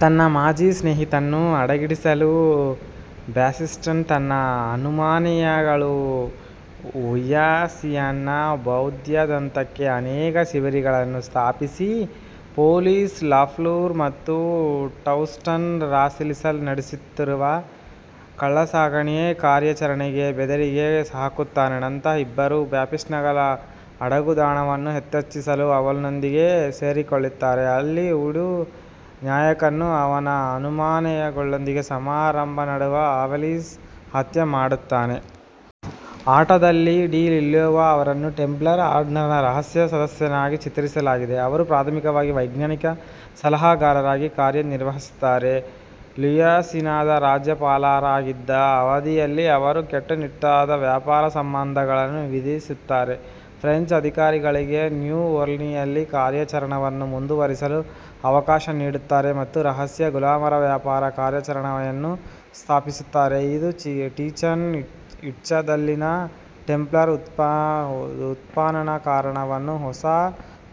ತನ್ನ ಮಾಜಿ ಸ್ನೇಹಿತನನ್ನು ಅಡಗಿಸಿಡಲು, ಬ್ಯಾಪ್ಟಿಸ್ಟ್ ತನ್ನ ಅನುಯಾಯಿಗಳು ಲೂಯಿಸಿಯಾನ ಬಯೌದಾದ್ಯಂತ ಅನೇಕ ಶಿಬಿರಗಳನ್ನು ಸ್ಥಾಪಿಸಿ, ಎಲಿಸ್ ಲಾಫ್ಲೂರ್ ಮತ್ತು ಟೌಸೈಂಟ್ ರೌಸಿಲ್ಲನ್ ನಡೆಸುತ್ತಿರುವ ಕಳ್ಳಸಾಗಣೆ ಕಾರ್ಯಾಚರಣೆಗೆ ಬೆದರಿಕೆ ಹಾಕುತ್ತಾನೆ. ನಂತರ ಇಬ್ಬರೂ ಬ್ಯಾಪ್ಟಿಸ್ಟ್ನ ಅಡಗುದಾಣವನ್ನು ಪತ್ತೆಹಚ್ಚಲು ಅವೆಲೀನ್ನೊಂದಿಗೆ ಸೇರಿಕೊಳ್ಳುತ್ತಾರೆ, ಅಲ್ಲಿ ವೂಡೂ ನಾಯಕನನ್ನು ಅವನ ಅನುಯಾಯಿಗಳೊಂದಿಗೆ ಸಮಾರಂಭದ ನಡುವೆ ಅವೆಲೀನ್ ಹತ್ಯೆ ಮಾಡುತ್ತಾನೆ. ಆಟದಲ್ಲಿ, ಡಿ ಉಲ್ಲೋವಾ ಅವರನ್ನು ಟೆಂಪ್ಲರ್ ಆರ್ಡರ್ನ ರಹಸ್ಯ ಸದಸ್ಯನಾಗಿ ಚಿತ್ರಿಸಲಾಗಿದೆ, ಅವರು ಪ್ರಾಥಮಿಕವಾಗಿ ವೈಜ್ಞಾನಿಕ ಸಲಹೆಗಾರರಾಗಿ ಕಾರ್ಯನಿರ್ವಹಿಸುತ್ತಾರೆ. ಲೂಯಿಸಿಯಾನದ ರಾಜ್ಯಪಾಲರಾಗಿದ್ದ ಅವಧಿಯಲ್ಲಿ, ಅವರು ಕಟ್ಟುನಿಟ್ಟಾದ ವ್ಯಾಪಾರ ನಿರ್ಬಂಧಗಳನ್ನು ವಿಧಿಸುತ್ತಾರೆ, ಫ್ರೆಂಚ್ ಅಧಿಕಾರಿಗಳಿಗೆ ನ್ಯೂ ಓರ್ಲಿಯನ್ಸ್ನಲ್ಲಿ ಕಾರ್ಯಾಚರಣೆಯನ್ನು ಮುಂದುವರಿಸಲು ಅವಕಾಶ ನೀಡುತ್ತಾರೆ ಮತ್ತು ರಹಸ್ಯ ಗುಲಾಮರ-ವ್ಯಾಪಾರ ಕಾರ್ಯಾಚರಣೆಯನ್ನು ಸ್ಥಾಪಿಸುತ್ತಾರೆ, ಇದು ಚಿಚೆನ್ ಇಟ್ಜಾದಲ್ಲಿನ ಟೆಂಪ್ಲರ್ ಉತ್ಖನನ ತಾಣವನ್ನು ಹೊಸ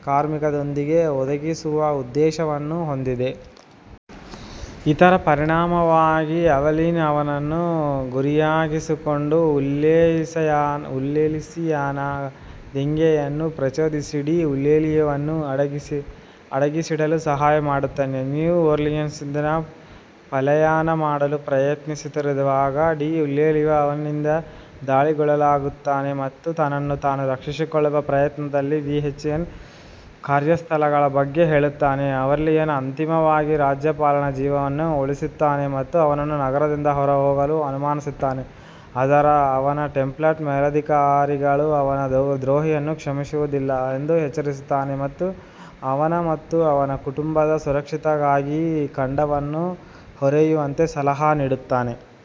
ಕಾರ್ಮಿಕರೊಂದಿಗೆ ಒದಗಿಸುವ ಉದ್ದೇಶವನ್ನು ಹೊಂದಿದೆ. ಇದರ ಪರಿಣಾಮವಾಗಿ, ಅವೆಲೀನ್ ಅವನನ್ನು ಗುರಿಯಾಗಿಸಿಕೊಂಡು, ಲೂಯಿಸಿಯಾನ ದಂಗೆಯನ್ನು ಪ್ರಚೋದಿಸಿ ಡಿ ಉಲ್ಲೋವನ್ನು ಅಡಗಿಸಿಡಲು ಸಹಾಯ ಮಾಡುತ್ತಾನೆ. ನ್ಯೂ ಓರ್ಲಿಯನ್ಸ್ನಿಂದ ಪಲಾಯನ ಮಾಡಲು ಪ್ರಯತ್ನಿಸುತ್ತಿರುವಾಗ, ಡಿ ಉಲ್ಲೋವಾ ಅವೆಲೀನ್ನಿಂದ ದಾಳಿಗೊಳಗಾಗುತ್ತಾನೆ ಮತ್ತು ತನ್ನನ್ನು ತಾನು ರಕ್ಷಿಸಿಕೊಳ್ಳುವ ಪ್ರಯತ್ನದಲ್ಲಿ ಚಿಚೆನ್ ಇಟ್ಜಾ ಕಾರ್ಯಸ್ಥಳದ ಬಗ್ಗೆ ಹೇಳುತ್ತಾನೆ. ಅವೆಲಿನ್ ಅಂತಿಮವಾಗಿ ರಾಜ್ಯಪಾಲನ ಜೀವವನ್ನು ಉಳಿಸುತ್ತಾನೆ ಮತ್ತು ಅವನನ್ನು ನಗರದಿಂದ ಹೊರಹೋಗಲು ಅನುಮತಿಸುತ್ತಾನೆ, ಆದರೆ ಅವನ ಟೆಂಪ್ಲರ್ ಮೇಲಧಿಕಾರಿಗಳು ಅವನ ದ್ರೋಹವನ್ನು ಕ್ಷಮಿಸುವುದಿಲ್ಲ ಎಂದು ಎಚ್ಚರಿಸುತ್ತಾನೆ ಮತ್ತು ಅವನ ಮತ್ತು ಅವನ ಕುಟುಂಬದ ಸುರಕ್ಷತೆಗಾಗಿ ಖಂಡವನ್ನು ತೊರೆಯುವಂತೆ ಸಲಹೆ ನೀಡುತ್ತಾನೆ.